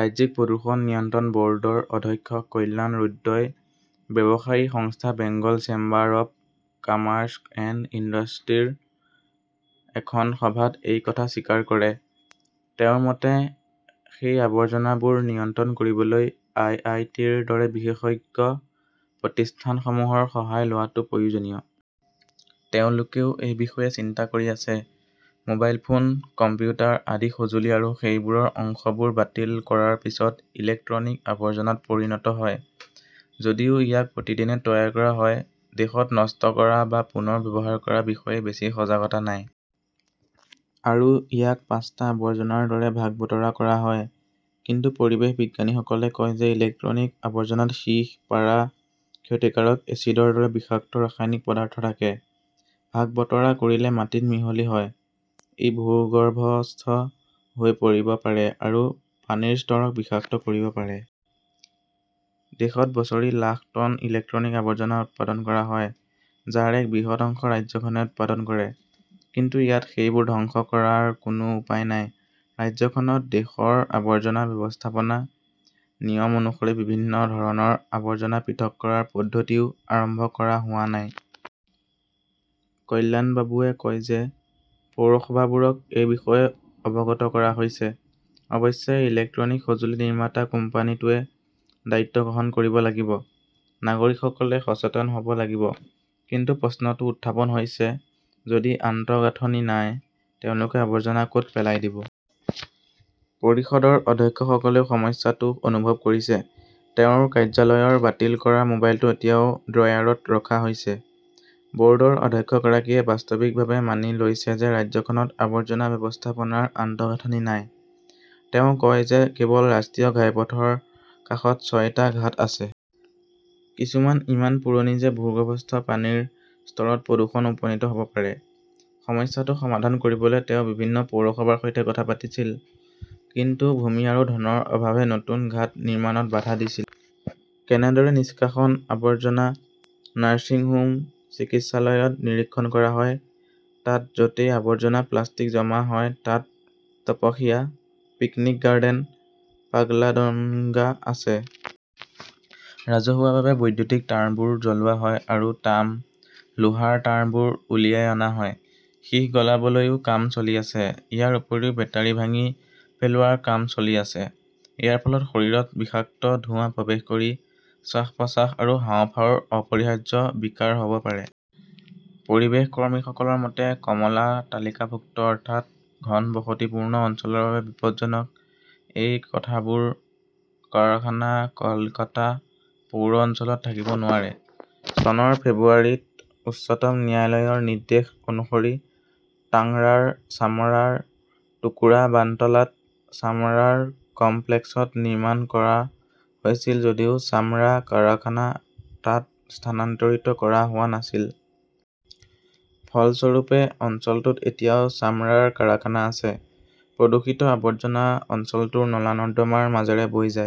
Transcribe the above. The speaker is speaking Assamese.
ৰাজ্যিক প্ৰদূষণ নিয়ন্ত্ৰণ বৰ্ডৰ অধ্যক্ষ কল্যাণ ৰুদ্ৰই ব্যৱসায়ী সংস্থা Bengal chamber of commerce and ইণ্ডাষ্ট্ৰীৰ এখন সভাত এই কথা স্বীকাৰ কৰে। তেওঁৰ মতে, সেই আৱৰ্জনাবোৰ নিয়ন্ত্ৰণ কৰিবলৈ আই. আই. টি. ৰ দৰে বিশেষজ্ঞ প্ৰতিষ্ঠানসমূহৰ সহায় লোৱাটো প্ৰয়োজনীয়। তেওঁলোকেও এই বিষয়ে চিন্তা কৰি আছে। মোবাইল ফোন, কম্পিউটাৰ আদি সঁজুলি আৰু সেইবোৰৰ অংশবোৰ বাতিল কৰাৰ পিছত ইলেক্ট্ৰনিক আৱৰ্জনাত পৰিণত হয়। যদিও ইয়াক প্ৰতিদিনে তৈয়াৰ কৰা হয়, দেশত নষ্ট কৰা বা পুনৰ ব্যৱহাৰ কৰাৰ বিষয়ে বেছি সজাগতা নাই। আৰু ইয়াক পাঁচটা আৱৰ্জনাৰ দৰে ভাগ-বতৰা কৰা হয়। কিন্তু পৰিৱেশ বিজ্ঞানীসকলে কয় যে ইলেক্ট্ৰনিক আৱৰ্জনাত সীহ, পাৰা, ক্ষতিকাৰক এচিডৰ দৰে বিষাক্ত ৰাসায়নিক পদাৰ্থ থাকে। ভাগ-বতৰা কৰিলে মাটিত মিহলি হয়। ই ভূগৰ্ভস্থ হৈ পৰিব পাৰে আৰু পানীৰ স্তৰক বিষাক্ত কৰিব পাৰে। দেশত বছৰি লাখ টন ইলেক্ট্ৰনিক আৱৰ্জনা উৎপাদন কৰা হয়, যাৰ এক বৃহৎ অংশ ৰাজ্যখনে উৎপাদন কৰে। কিন্তু ইয়াত সেইবোৰ ধ্বংস কৰাৰ কোনো উপায় নাই। ৰাজ্যখনত দেশৰ আৱৰ্জনা ব্যৱস্থাপনা নিয়ম অনুসৰি বিভিন্ন ধৰণৰ আৱৰ্জনা পৃথক কৰাৰ পদ্ধতিও আৰম্ভ কৰা হোৱা নাই। কল্যাণবাবুৱে কয় যে, পৌৰসভাবোৰক এই বিষয়ে অৱগত কৰা হৈছে। অৱশ্যে ইলেক্ট্ৰনিক সঁজুলি নিৰ্মাতা কোম্পানীটোৱে দায়িত্ব গ্ৰহণ কৰিব লাগিব। নাগৰিকসকলে সচেতন হব লাগিব। কিন্তু প্ৰশ্নটো উত্থাপন হৈছে, যদি আন্তঃগাঁথনি নাই তেওঁলোকে আৱৰ্জনা কত পেলাই দিব? পৰিষদৰ অধ্যক্ষসকলেও সমস্যাটো অনুভৱ কৰিছে। তেওঁৰ কাৰ্যালয়ৰ বাতিল কৰা মোবাইলটো এতিয়াও ড্ৰয়াৰত ৰখা হৈছে। বৰ্ডৰ অধ্যক্ষগৰাকীয়ে বাস্তৱিকভাৱে মানি লৈছে যে ৰাজ্যখনত আৱৰ্জনা ব্যৱস্থাপনাৰ আন্তঃগাঁথনি নাই। তেওঁ কয় যে কেৱল ৰাষ্ট্ৰীয় ঘাইপথ ৰ কাষত ছয়টা ঘাট আছে। কিছুমান ইমান পুৰণি যে ভূগৰ্ভস্থ পানীৰ স্তৰত প্ৰদূষণ উপনীত হব পাৰে। সমস্যাটো সমাধান কৰিবলৈ তেওঁ বিভিন্ন পৌৰসভাৰ সৈতে কথা পাতিছিল। কিন্তু ভূমি আৰু ধনৰ অভাৱে নতুন ঘাট নিৰ্মাণত বাধা দিছিল। কেনেদৰে নিষ্কাশন আৱৰ্জনা, নাৰ্ছিং হোম, চিকিৎসালয়ত নিৰীক্ষণ কৰা হয় তাত য'তেই আৱৰ্জনা প্লাষ্টিক জমা হয় তাত তপসিয়া, পিকনিক গাৰ্ডেন, পাগলাডঙ্গা আছে। ৰাজহুৱাভাৱে বৈদ্যুতিক তাঁৰবোৰ জ্বলোৱা হয় আৰু তাম, লোহাৰ তাঁৰবোৰ উলিয়াই অনা হয়। সীহ গলাবলৈও কাম চলি আছে। ইয়াৰ উপৰিও বেটাৰি ভাঙি পেলোৱাৰ কাম চলি আছে। ইয়াৰ ফলত শৰীৰত বিষাক্ত ধোঁৱা প্ৰৱেশ কৰি শ্বাস-প্ৰশ্বাস আৰু হাঁওফাঁওৰ অপৰিহাৰ্য বিকাৰ হব পাৰে। পৰিৱেশ কৰ্মীসকলৰ মতে, কমলা তালিকাভুক্ত অৰ্থাৎ ঘনবসতিপূৰ্ণ অঞ্চলৰ বাবে বিপদজনক এই সকলোবোৰ কাৰখানা কলকাতা পৌৰ অঞ্চলত থাকিব নোৱাৰে। চনৰ ফেব্ৰুৱাৰীত উচ্চতম ন্যায়ালয়ৰ নিৰ্দেশ অনুসৰি টাংৰাৰ চামৰাৰ টুকুৰা বান্টলাত চামৰাৰ কমপ্লেক্সত নিৰ্মাণ কৰা হৈছিল যদিও চামৰা কাৰখানা তাত স্থানান্তৰিত কৰা হোৱা নাছিল। ফলস্বৰূপে, অঞ্চলটোত এতিয়াও চামৰাৰ কাৰখানা আছে। প্ৰদূষিত আৱৰ্জনা অঞ্চলটোৰ নলা-নৰ্দমাৰ মাজেৰে বৈ যায়।